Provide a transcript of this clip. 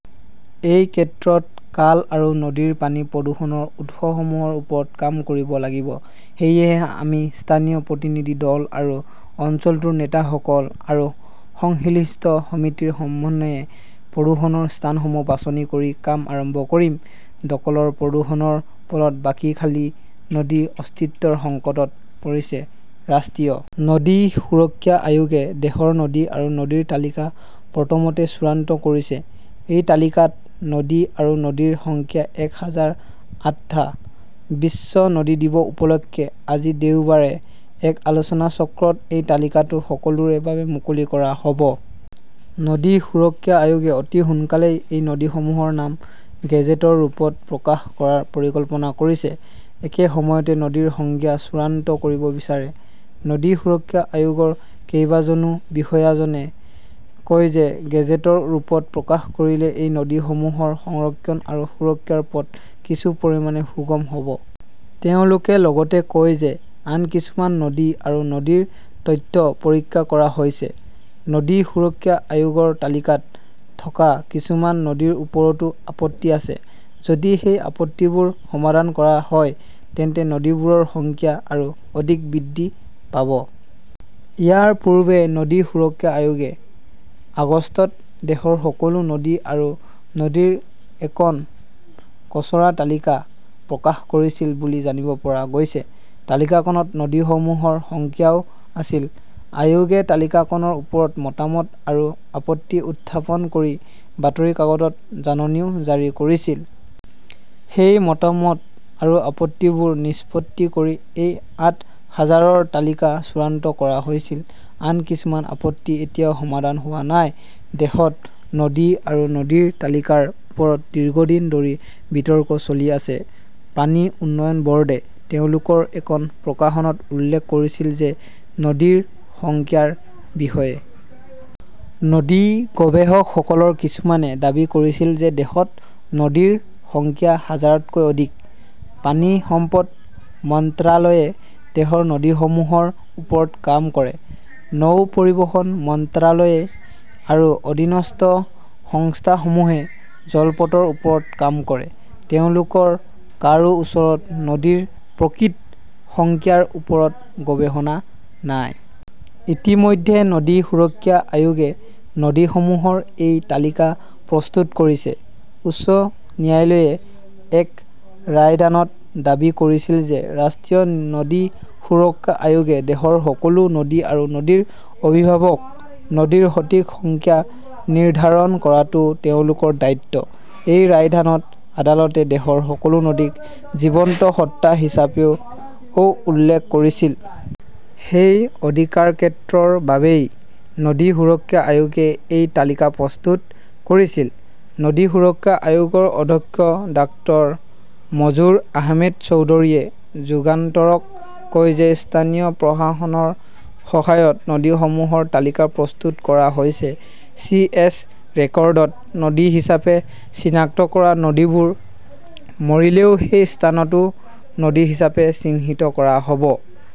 এই ক্ষেত্ৰত খাল আৰু নদীৰ পানী প্ৰদূষণৰ উৎসসমূহৰ ওপৰতো কাম কৰিব লাগিব। সেয়েহে আমি স্থানীয় প্ৰতিনিধি দল আৰু অঞ্চলটোৰ নেতাসকল আৰু সংশ্লিষ্ট সমিতিৰ সমন্বয়ে প্ৰদূষণৰ স্থানসমূহ বাছনি কৰি কাম আৰম্ভ কৰিম। দখলৰ প্ৰদূষণৰ ফলত বাঁকখালী নদী অস্তিত্বৰ সংকটত পৰিছে ।ৰাষ্ট্ৰীয় নদী সুৰক্ষা আয়োগে দেশৰ নদী আৰু নদীৰ তালিকা প্ৰথমতে চূড়ান্ত কৰিছে। এই তালিকাত নদী আৰু নদীৰ সংখ্যা এক হাজাৰ আঠটা। বিশ্ব নদী দিৱস উপলক্ষে আজি দেওবাৰে এক আলোচনাচক্ৰত এই তালিকাটো সকলোৰে বাবে মুকলি কৰা হ'ব। নদী সুৰক্ষা আয়োগে অতি সোনকালেই এই নদীসমূহৰ নাম গেজেটৰ ৰূপত প্ৰকাশ কৰাৰ পৰিকল্পনা কৰিছে। একে সময়তে নদীৰ সংজ্ঞা চূড়ান্ত কৰিব বিচাৰে। নদী সুৰক্ষা আয়োগৰ কেইবাজনো বিষয়াজনে কয় যে গেজেটৰ ৰূপত প্ৰকাশ কৰিলে এই নদীসমূহৰ সংৰক্ষণ আৰু সুৰক্ষাৰ পথ কিছু পৰিমাণে সুগম হ'ব। তেওঁলোকে লগতে কয় যে আন কিছুমান নদী আৰু নদীৰ তথ্য পৰীক্ষা কৰা হৈছে। নদী সুৰক্ষা আয়োগৰ তালিকাত থকা কিছুমান নদীৰ ওপৰতো আপত্তি আছে। যদি সেই আপত্তিবোৰ সমাধান কৰা হয়, তেন্তে নদীবোৰৰ সংখ্যা আৰু অধিক বৃদ্ধি পাব। ইয়াৰ পূৰ্বে নদী সুৰক্ষা আয়োগে আগষ্টত দেশৰ সকলো নদী আৰু নদীৰ এখন খচৰা তালিকা প্ৰকাশ কৰিছিল বুলি জানিব পৰা গৈছে। তালিকাখনত নদীসমূহৰ সংখ্যাও আছিল। আয়োগে তালিকাখনৰ ওপৰত মতামত আৰু আপত্তি উত্থাপন কৰি বাতৰি কাকতত জাননীও জাৰি কৰিছিল। সেই মতামত আৰু আপত্তিবোৰ নিষ্পত্তি কৰি এই আঠ হাজাৰৰ তালিকা চূড়ান্ত কৰা হৈছিল। আন কিছুমান আপত্তি এতিয়াও সমাধান হোৱা নাই। দেশত নদী আৰু নদীৰ তালিকাৰ ওপৰত দীৰ্ঘদিন ধৰি বিতৰ্ক চলি আছে। পানী উন্নয়ন ব'ৰ্ডে তেওঁলোকৰ এখন প্ৰকাশনত উল্লেখ কৰিছিল যে নদীৰ সংখ্যাৰ বিষয়ে। নদী গৱেষকসকলৰ কিছুমানে দাবী কৰিছিল যে দেশত নদীৰ সংখ্যা হাজাৰতকৈ অধিক। পানী সম্পদ মন্ত্ৰালয়ে দেশৰ নদীসমূহৰ ওপৰত কাম কৰে। নৌ পৰিবহণ মন্ত্ৰালয় আৰু অধীনস্থ সংস্থাসমূহে জলপথৰ ওপৰত কাম কৰে। তেওঁলোকৰ কাৰো ওচৰত নদীৰ প্ৰকৃত সংখ্যাৰ ওপৰত গৱেষণা নাই। ইতিমধ্যে নদী সুৰক্ষা আয়োগে নদীসমূহৰ এই তালিকা প্ৰস্তুত কৰিছে। উচ্চ ন্যায়ালয়ে এক ৰায়দানত দাবী কৰিছিল যে ৰাষ্ট্ৰীয় নদী সুৰক্ষা আয়োগে দেশৰ সকলো নদী আৰু নদীৰ অভিভাৱক, নদীৰ সঠিক সংখ্যা নিৰ্ধাৰণ কৰাটোও তেওঁলোকৰ দায়িত্ব। এই ৰায়দানত আদালতে দেশৰ সকলো নদীক জীৱন্ত সত্তা হিচাপেও উল্লেখ কৰিছিল। সেই অধিকাৰক্ষেত্ৰৰ বাবেই নদী সুৰক্ষা আয়োগে এই তালিকা প্ৰস্তুত কৰিছিল। নদী সুৰক্ষা আয়োগৰ অধ্যক্ষ ডাঃ মঞ্জুৰ আহমেদ চৌধুৰীয়ে যুগান্তৰক কয় যে স্থানীয় প্ৰশাসনৰ সহায়ত নদীসমূহৰ তালিকা প্ৰস্তুত কৰা হৈছে। চি. এছ. ৰেকৰ্ডত নদী হিচাপে চিনাক্ত কৰা নদীবোৰ মৰিলেও সেই স্থানটো নদী হিচাপে চিহ্নিত কৰা হ'ব।